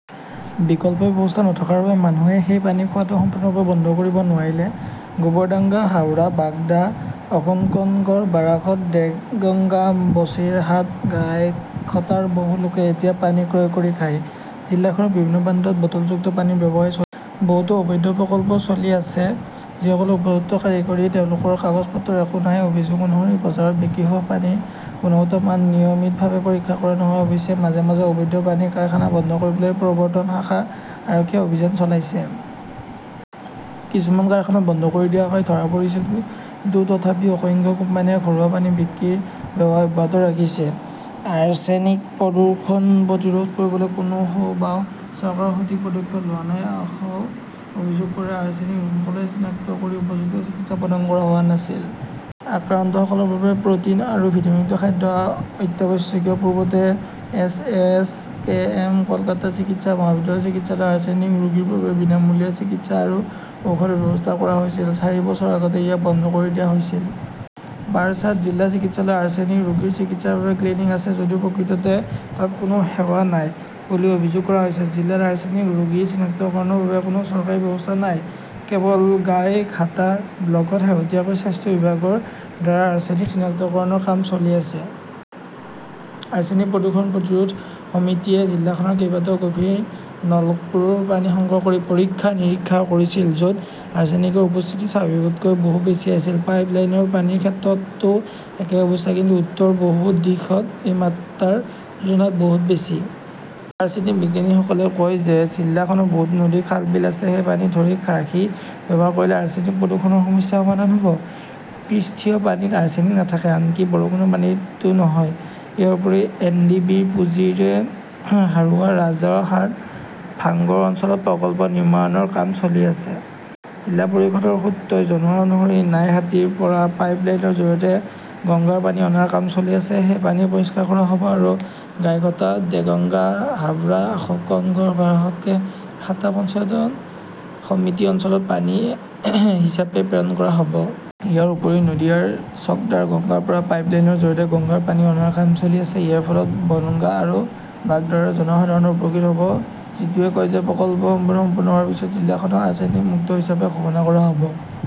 বিকল্প ব্যৱস্থা নথকাৰ বাবে মানুহে সেই পানী খোৱাটো সম্পূৰ্ণৰূপে বন্ধ কৰিব নোৱাৰিলে। গোবৰডাংগা, হাবৰা, বাগদা, অশোকনগৰ, বাৰাসত, দেগংগা, বছিৰহাট, গাইঘাটৰ বহু লোকে এতিয়া পানী ক্ৰয় কৰি খায়। জিলাখনৰ বিভিন্ন প্ৰান্তত বটলযুক্ত পানীৰ ব্যৱসায় চ বহুতো অবৈধ প্ৰকল্প চলি আছে। যিসকল উপযুক্ত কাৰিকৰী, তেওঁলোকৰ কাগজ-পত্ৰ একো নাই। অভিযোগ অনুসৰি বজাৰত বিক্ৰী হোৱা পানীৰ গুণগত মান নিয়মিতভাৱে পৰীক্ষা কৰা নহয়। অৱশ্যে, মাজে মাজে অবৈধ পানীৰ কাৰখানা বন্ধ কৰিবলৈ প্ৰবৰ্ত্তন শাখা, আৰক্ষীয়ে অভিযান চলাইছিল। কিছুমান কাৰখানা বন্ধ কৰি দিয়া হয়। ধৰা পৰিছিল। কিন্তু তথাপিও অসংখ্য কোম্পানীয়ে ঘৰুৱা পানী বিক্ৰীৰ ব্যৱসায় অব্যাহত ৰাখিছে। "আৰ্ছেনিক প্ৰদূষণ প্ৰতিৰোধ কৰিবলৈ কোনো সোঁ-বাওঁ চৰকাৰে সঠিক পদক্ষেপ লোৱা নাই, অশক অভিযোগ কৰে। আৰ্ছেনিক ৰোগীসকলক চিনাক্ত কৰি উপযুক্ত চিকিৎসাও প্ৰদান কৰা হোৱা নাছিল। আক্ৰান্তসকলৰ বাবে প্ৰ'টিন আৰু ভিটামিনযুক্ত খাদ্য অত্যাৱশ্যকীয়। "পূৰ্বতে S S A M Kolkata চিকিৎসা মহাবিদ্যালয় চিকিৎসালয়ত আৰ্ছেনিক ৰোগীৰ বাবে বিনামূলীয়া চিকিৎসা আৰু ঔষধৰ ব্যৱস্থা কৰা হৈছিল। চাৰি বছৰ আগতে ইয়াক বন্ধ কৰি দিয়া হৈছিল। বাৰাছাট জিলা চিকিৎসালয়ত আৰ্ছেনিক ৰোগীৰ চিকিৎসাৰ বাবে ক্লিনিক আছে যদিও প্ৰকৃততে তাত কোনো সেৱা নাই বুলি অভিযোগ কৰা হৈছে। জিলা আৰ্ছেনিক ৰোগী চিনাক্তকৰণৰ বাবে কোনো চৰকাৰী ব্যৱস্থা নাই। কেৱল গাইঘাটা ব্লকত শেহতীয়াকৈ স্বাস্থ্য বিভাগৰ দ্বাৰা আৰ্ছেনিক চিনাক্তকৰণৰ কাম চলি আছে। আৰ্ছেনিক প্ৰদূষণ প্ৰতিৰোধ সমিতিয়ে জিলাখনৰ কেইবাটাও গভীৰ নলকূৰ পানী সংগ্ৰহ কৰি পৰীক্ষা-নিৰীক্ষা কৰিছিল, য'ত আৰ্ছেনিকৰ উপস্থিতি স্বাভাৱিকতকৈ বহু বেছি আছিল। পাইপ লাইনৰ পানীৰ ক্ষেত্ৰতো একেই অৱস্থা। কিন্তু উত্তৰ বহু দিশত এই মাত্ৰাৰ তুলনাত বহু বেছি। আৰ্ছেনিক বিশেষজ্ঞসকলে কয় যে জিলাখনৰ বহুতো নদী-খাল-বিল আছে। সেই পানী ধৰি ৰাখি ব্যৱহাৰ কৰিলে আৰ্ছেনিক প্ৰদূষণৰ সমস্যা সমাধান হ'ব। পৃষ্ঠীয় পানীত আৰ্ছেনিক নাথাকে। আনকি বৰষুণৰ পানীতো নহয়। ইয়াৰ উপৰিও এ. ডি. বি. -ৰ পুঁজিৰে হাৰোৱা, ৰাজাৰহাট, ভাঙ্গৰ অঞ্চলত প্ৰকল্প নিৰ্মাণৰ কাম চলি আছে। "জিলা পৰিষদৰ সূত্ৰই জনোৱা অনুসৰি নাইহাটীৰ পৰা পাইপলাইনৰ জৰিয়তে গংগাৰ পানী অনাৰ কাম চলি আছে। সেই পানী পৰিষ্কাৰ কৰা হ'ব আৰু গাইঘাটা, দেগঙ্গা, হাবৰা, অশোকনগৰ, বাৰাসতকে ধৰি সাতটা পঞ্চায়ত সমিতি অঞ্চলত পানীয় হিচাপে প্ৰেৰণ কৰা হ'ব। ইয়াৰ উপৰিও, নদীয়াৰ চকদাৰ গংগাৰ পৰা পাইপলাইনৰ জৰিয়তে গংগাৰ পানী অনাৰ কাম চলি আছে। ইয়াৰ ফলত বনগাঁ আৰু বাগদাৰৰ জনসাধাৰণ উপকৃত হ'ব। জ্যোতিৱে কয়, "প্ৰকল্পসমূহ সম্পূৰ্ণ হোৱাৰ পিছত জিলাখনক আৰ্ছেনিক-মুক্ত হিচাপে ঘোষণা কৰা হ'ব।"